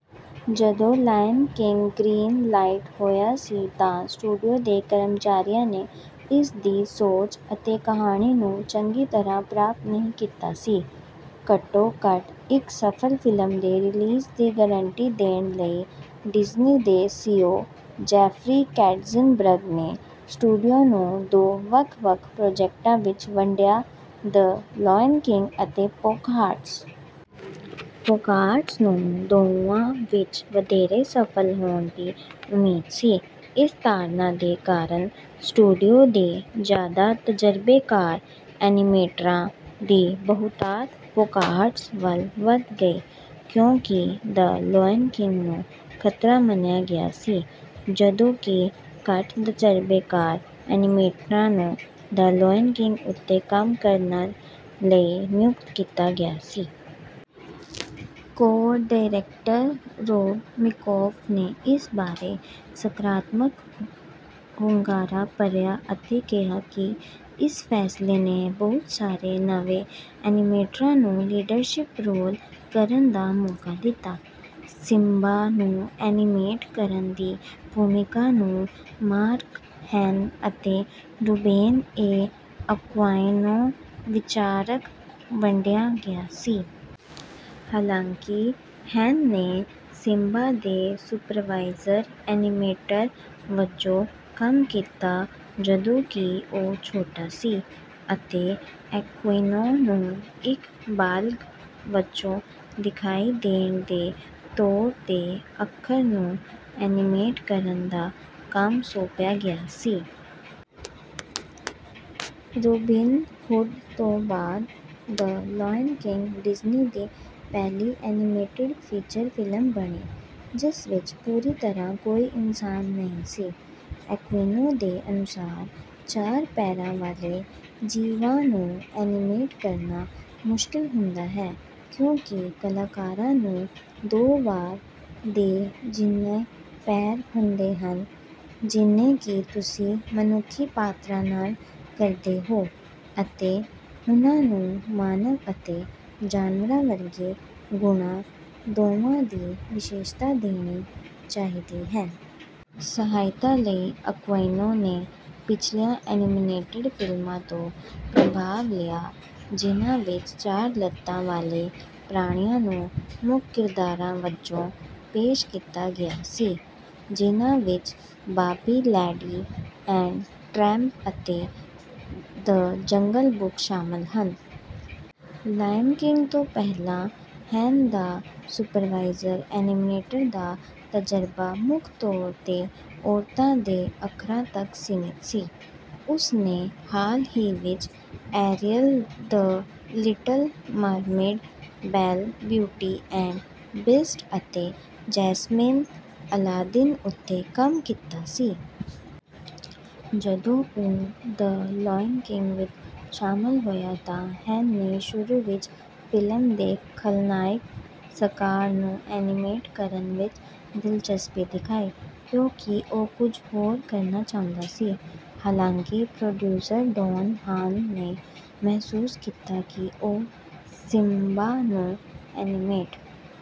ਜਦੋਂ Lion King green light ਹੋਇਆ ਸੀ ਤਾਂ ਸਟੂਡੀਓ ਦੇ ਕਰਮਚਾਰੀਆਂ ਨੇ ਇਸ ਦੀ ਸੋਚ ਅਤੇ ਕਹਾਣੀ ਨੂੰ ਚੰਗੀ ਤਰ੍ਹਾਂ ਪ੍ਰਾਪਤ ਨਹੀਂ ਕੀਤਾ ਸੀ। ਘੱਟੋ ਘੱਟ ਇੱਕ ਸਫਲ ਫਿਲਮ ਦੇ ਰਿਲੀਜ਼ ਦੀ ਗਾਰੰਟੀ ਦੇਣ ਲਈ ਡਿਜ਼ਨੀ ਦੇ ਸੀਈਓ ਜੈਫਰੀ ਕੈਟਜ਼ਨਬਰਗ ਨੇ ਸਟੂਡੀਓ ਨੂੰ ਦੋ ਵੱਖ ਵੱਖ ਪ੍ਰੋਜੈਕਟਾਂ ਵਿੱਚ ਵੰਡਿਆ ਦ ਲਾਇਨ ਕਿੰਗ ਅਤੇ ਪੋਕਾਹਾਂਟਸ। ਪੋਕਾਹਾਂਟਸ ਨੂੰ ਦੋਵਾਂ ਵਿੱਚ ਵਧੇਰੇ ਸਫਲ ਹੋਣ ਦੀ ਉਮੀਦ ਸੀ। ਇਸ ਧਾਰਨਾ ਦੇ ਕਾਰਨ ਸਟੂਡੀਓ ਦੇ ਜ਼ਿਆਦਾ ਤਜਰਬੇਕਾਰ ਐਨੀਮੇਟਰਾਂ ਦੀ ਬਹੁਤਾਤ ਪੋਕਾਹਾਂਟਸ ਵੱਲ ਵੱਧ ਗਈ ਕਿਉਂਕਿ ਦ ਲਾਇਨ ਕਿੰਗ ਨੂੰ ਖਤਰਾ ਮੰਨਿਆ ਗਿਆ ਸੀ ਜਦੋਂ ਕਿ ਘੱਟ ਤਜਰਬੇਕਾਰ ਐਨੀਮੇਟਰਾਂ ਨੂੰ ਦ ਲਾਇਨ ਕਿੰਗ ਉੱਤੇ ਕੰਮ ਕਰਨ ਲਈ ਨਿਯੁਕਤ ਕੀਤਾ ਗਿਆ ਸੀ। ਕੋ ਡਾਇਰੈਕਟਰ ਰੋਬ ਮਿੰਕੋਫ ਨੇ ਇਸ ਬਾਰੇ ਸਕਾਰਾਤਮਕ ਹੁੰਗਾਰਾ ਭਰਿਆ ਅਤੇ ਕਿਹਾ ਕਿ ਇਸ ਫੈਸਲੇ ਨੇ ਬਹੁਤ ਸਾਰੇ ਨਵੇਂ ਐਨੀਮੇਟਰਾਂ ਨੂੰ ਲੀਡਰਸ਼ਿਪ ਰੋਲ ਕਰਨ ਦਾ ਮੌਕਾ ਦਿੱਤਾ। ਸਿਮਬਾ ਨੂੰ ਐਨੀਮੇਟ ਕਰਨ ਦੀ ਭੂਮਿਕਾ ਨੂੰ ਮਾਰਕ ਹੇਨ ਅਤੇ ਰੂਬੇਨ ਏ ਅਕੁਇਨੋ ਵਿਚਕਾਰ ਵੰਡਿਆ ਗਿਆ ਸੀ। ਹਾਲਾਂਕਿ ਹੇਨ ਨੇ ਸਿਮਬਾ ਦੇ ਸੁਪਰਵਾਈਜ਼ਰ ਐਨੀਮੇਟਰ ਵਜੋਂ ਕੰਮ ਕੀਤਾ ਜਦੋਂ ਕਿ ਉਹ ਛੋਟਾ ਸੀ ਅਤੇ ਅਕੁਇਨੋ ਨੂੰ ਇੱਕ ਬਾਲਗ ਵਜੋਂ ਦਿਖਾਈ ਦੇਣ ਦੇ ਤੌਰ ਤੇ ਅੱਖਰ ਨੂੰ ਐਨੀਮੇਟ ਕਰਨ ਦਾ ਕੰਮ ਸੌਂਪਿਆ ਗਿਆ ਸੀ। ਰੌਬਿਨ ਹੁੱਡ ਤੋਂ ਬਾਅਦ ਦ ਲਾਇਨ ਕਿੰਗ ਡਿਜ਼ਨੀ ਦੀ ਪਹਿਲੀ ਐਨੀਮੇਟਡ ਫੀਚਰ ਫਿਲਮ ਬਣੀ ਜਿਸ ਵਿੱਚ ਪੂਰੀ ਤਰ੍ਹਾਂ ਕੋਈ ਇਨਸਾਨ ਨਹੀਂ ਸੀ। ਅਕੁਇਨੋ ਦੇ ਅਨੁਸਾਰ ਚਾਰ ਪੈਰਾਂ ਵਾਲੇ ਜੀਵਾਂ ਨੂੰ ਐਨੀਮੇਟ ਕਰਨਾ ਮੁਸ਼ਕਿਲ ਹੁੰਦਾ ਹੈ ਕਿਉਂਕਿ ਕਲਾਕਾਰਾਂ ਨੂੰ ਦੋ ਵਾਰ ਦੇ ਜਿੰਨੇ ਪੈਰ ਹੁੰਦੇ ਹਨ ਜਿੰਨੇ ਕਿ ਤੁਸੀਂ ਮਨੁੱਖੀ ਪਾਤਰਾਂ ਨਾਲ ਕਰਦੇ ਹੋ ਅਤੇ ਉਹਨਾਂ ਨੂੰ ਮਾਨਵ ਅਤੇ ਜਾਨਵਰ ਵਰਗੇ ਗੁਣਾਂ ਦੋਵਾਂ ਦੀ ਵਿਸ਼ੇਸ਼ਤਾ ਦੇਣੀ ਚਾਹੀਦੀ ਹੈ। ਸਹਾਇਤਾ ਲਈ ਅਕੁਇਨੋ ਨੇ ਪਿਛਲੀਆਂ ਐਨੀਮੇਟਡ ਫਿਲਮਾਂ ਤੋਂ ਪ੍ਰਭਾਵ ਲਿਆ ਜਿਨ੍ਹਾਂ ਵਿੱਚ ਚਾਰ ਲੱਤਾਂ ਵਾਲੇ ਪ੍ਰਾਣੀਆਂ ਨੂੰ ਮੁੱਖ ਕਿਰਦਾਰਾਂ ਵਜੋਂ ਪੇਸ਼ ਕੀਤਾ ਗਿਆ ਸੀ ਜਿਨ੍ਹਾਂ ਵਿੱਚ ਬਾਂਬੀ ਲੇਡੀ ਐਂਡ ਟਰੈਂਪ ਅਤੇ ਦ ਜੰਗਲ ਬੁੱਕ ਸ਼ਾਮਲ ਹਨ। ਲਾਇਨ ਕਿੰਗ ਤੋਂ ਪਹਿਲਾਂ ਹੇਨ ਦਾ ਸੁਪਰਵਾਈਜ਼ਰ ਐਨੀਮੇਟਰ ਦਾ ਤਜਰਬਾ ਮੁੱਖ ਤੌਰ ਤੇ ਔਰਤਾਂ ਦੇ ਅੱਖਰਾਂ ਤੱਕ ਸੀਮਿਤ ਸੀ। ਉਸ ਨੇ ਹਾਲ ਹੀ ਵਿੱਚ Ariel the Little Mermaid Belle Beauty and Beast ਅਤੇ ਜੈਸਮੀਨ ਅਲਾਦੀਨ ਉੱਤੇ ਕੰਮ ਕੀਤਾ ਸੀ। ਜਦੋਂ ਉਹ ਦ ਲਾਇਨ ਕਿੰਗ ਵਿੱਚ ਸ਼ਾਮਲ ਹੋਇਆ ਤਾਂ ਹੇਨ ਨੇ ਸ਼ੁਰੂ ਵਿੱਚ ਫਿਲਮ ਦੇ ਖਲਨਾਇਕ ਸਕਾਰ ਨੂੰ ਐਨੀਮੇਟ ਕਰਨ ਵਿੱਚ ਦਿਲਚਸਪੀ ਦਿਖਾਈ ਕਿਉਂਕਿ ਉਹ ਕੁਝ ਹੋਰ ਕਰਨਾ ਚਾਹੁੰਦਾ ਸੀ। ਹਾਲਾਂਕਿ ਪ੍ਰੋਡਿਊਸਰ ਡੋਨ ਹਾਨ ਨੇ ਮਹਿਸੂਸ ਕੀਤਾ ਕਿ ਉਹ ਸਿਮਬਾ ਨੂੰ ਐਨੀਮੇਟ